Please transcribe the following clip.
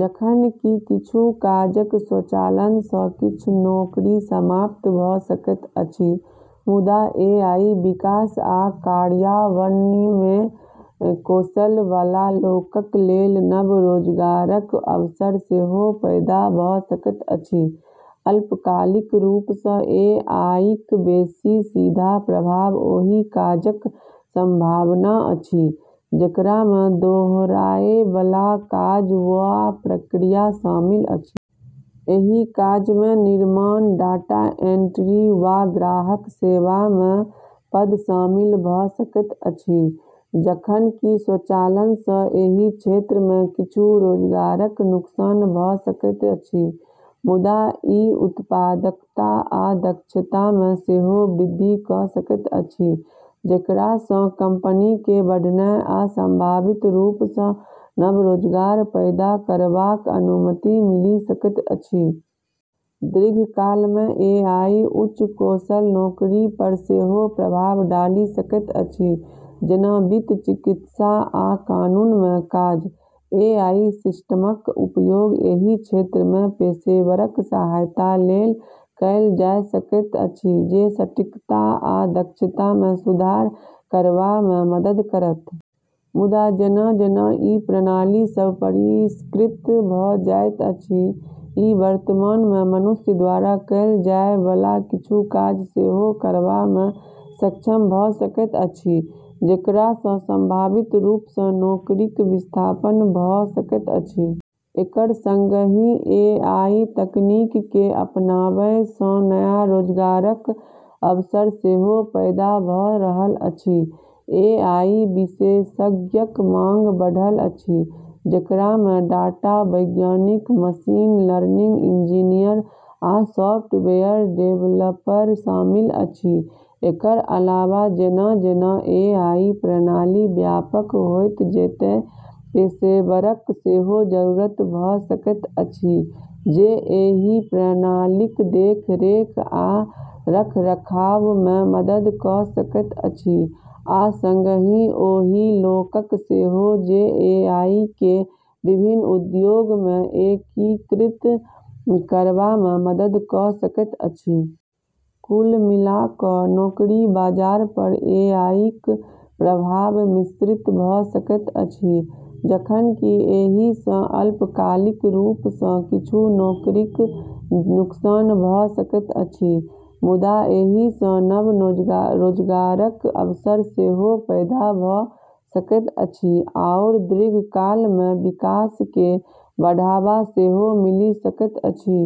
जखन कि किछु काजक स्वचालन सँ किछ नौकरी समाप्त भ’ सकैत अछि, मुदा एआई विकास आ कार्यान्वयनमे कौशल बला लोकक लेल नव रोजगारक अवसर सेहो पैदा भ’ सकैत अछि। अल्पकालिक रूप सँ एआईक बेसि सीधा प्रभाव ओहि काजक संभावना अछि, जेकरामे दोहराए बला काज वा प्रक्रिया शामिल अछि। एहि काजमे निर्माण, डाटा एंट्री, वा ग्राहक सेवामे पद शामिल भ’ सकैत अछि। जखन कि स्वचालन सँ एहि क्षेत्रमे किछु रोजगारक नुकसान भ’ सकैत अछि, मुदा ई उत्पादकता आ दक्षतामे सेहो वृद्धि क’ सकैत अछि, जेकरा सँ कंपनीकेँ बढ़नाइ आ संभावित रूप सँ नव रोजगार पैदा करबाक अनुमति मिलि सकैत अछि। दीर्घकालमे एआई उच्च कुशल नौकरी पर सेहो प्रभाव डालि सकैत अछि, जेना वित्त, चिकित्सा, आ कानूनमे काज। एआई सिस्टमक उपयोग एहि क्षेत्रमे पेशेवरक सहायता लेल कएल जा सकैत अछि, जे सटीकता आ दक्षतामे सुधार करबामे मदद करत। मुदा, जेना-जेना ई प्रणाली सभ परिष्कृत भ’ जाइत अछि, ई वर्तमानमे मनुष्य द्वारा कएल जाय बला किछु काज सेहो करबामे सक्षम भ’ सकैत अछि, जेकरा सँ संभावित रूप सँ नौकरीक विस्थापन भ’ सकैत अछि। एकर संगहि एआई तकनीककेँ अपनाबै सँ नया रोजगारक अवसर सेहो पैदा भ’ रहल अछि। एआई विशेषज्ञक मांग बढ़ल अछि, जेकरामे डाटा वैज्ञानिक, मशीन लर्निंग इंजीनियर, आ सॉफ्टवेयर डेवलपर शामिल अछि। एकर अलावा, जेना-जेना एआई प्रणाली व्यापक होइत जेतै, पेशेवरक सेहो जरूरत भ’ सकैत अछि जे एहि प्रणालीक देखरेख आ रखरखावमे मदद क’ सकैत अछि, आ संगहि ओहि लोकक सेहो जे एआईकेँ विभिन्न उद्योगमे एकीकृत करबामे मदद क’ सकैत अछि। कुल मिला क’ नौकरी बाजार पर एआईक प्रभाव मिश्रित भ’ सकैत अछि। जखन कि एहि सँ अल्पकालिक रूप सँ किछु नौकरीक नुकसान भ’ सकैत अछि, मुदा एहि सँ नव रोजगारक अवसर सेहो पैदा भ’ सकैत अछि आओर दीर्घकालमे विकासकेँ बढ़ावा सेहो मिलि सकैत अछि।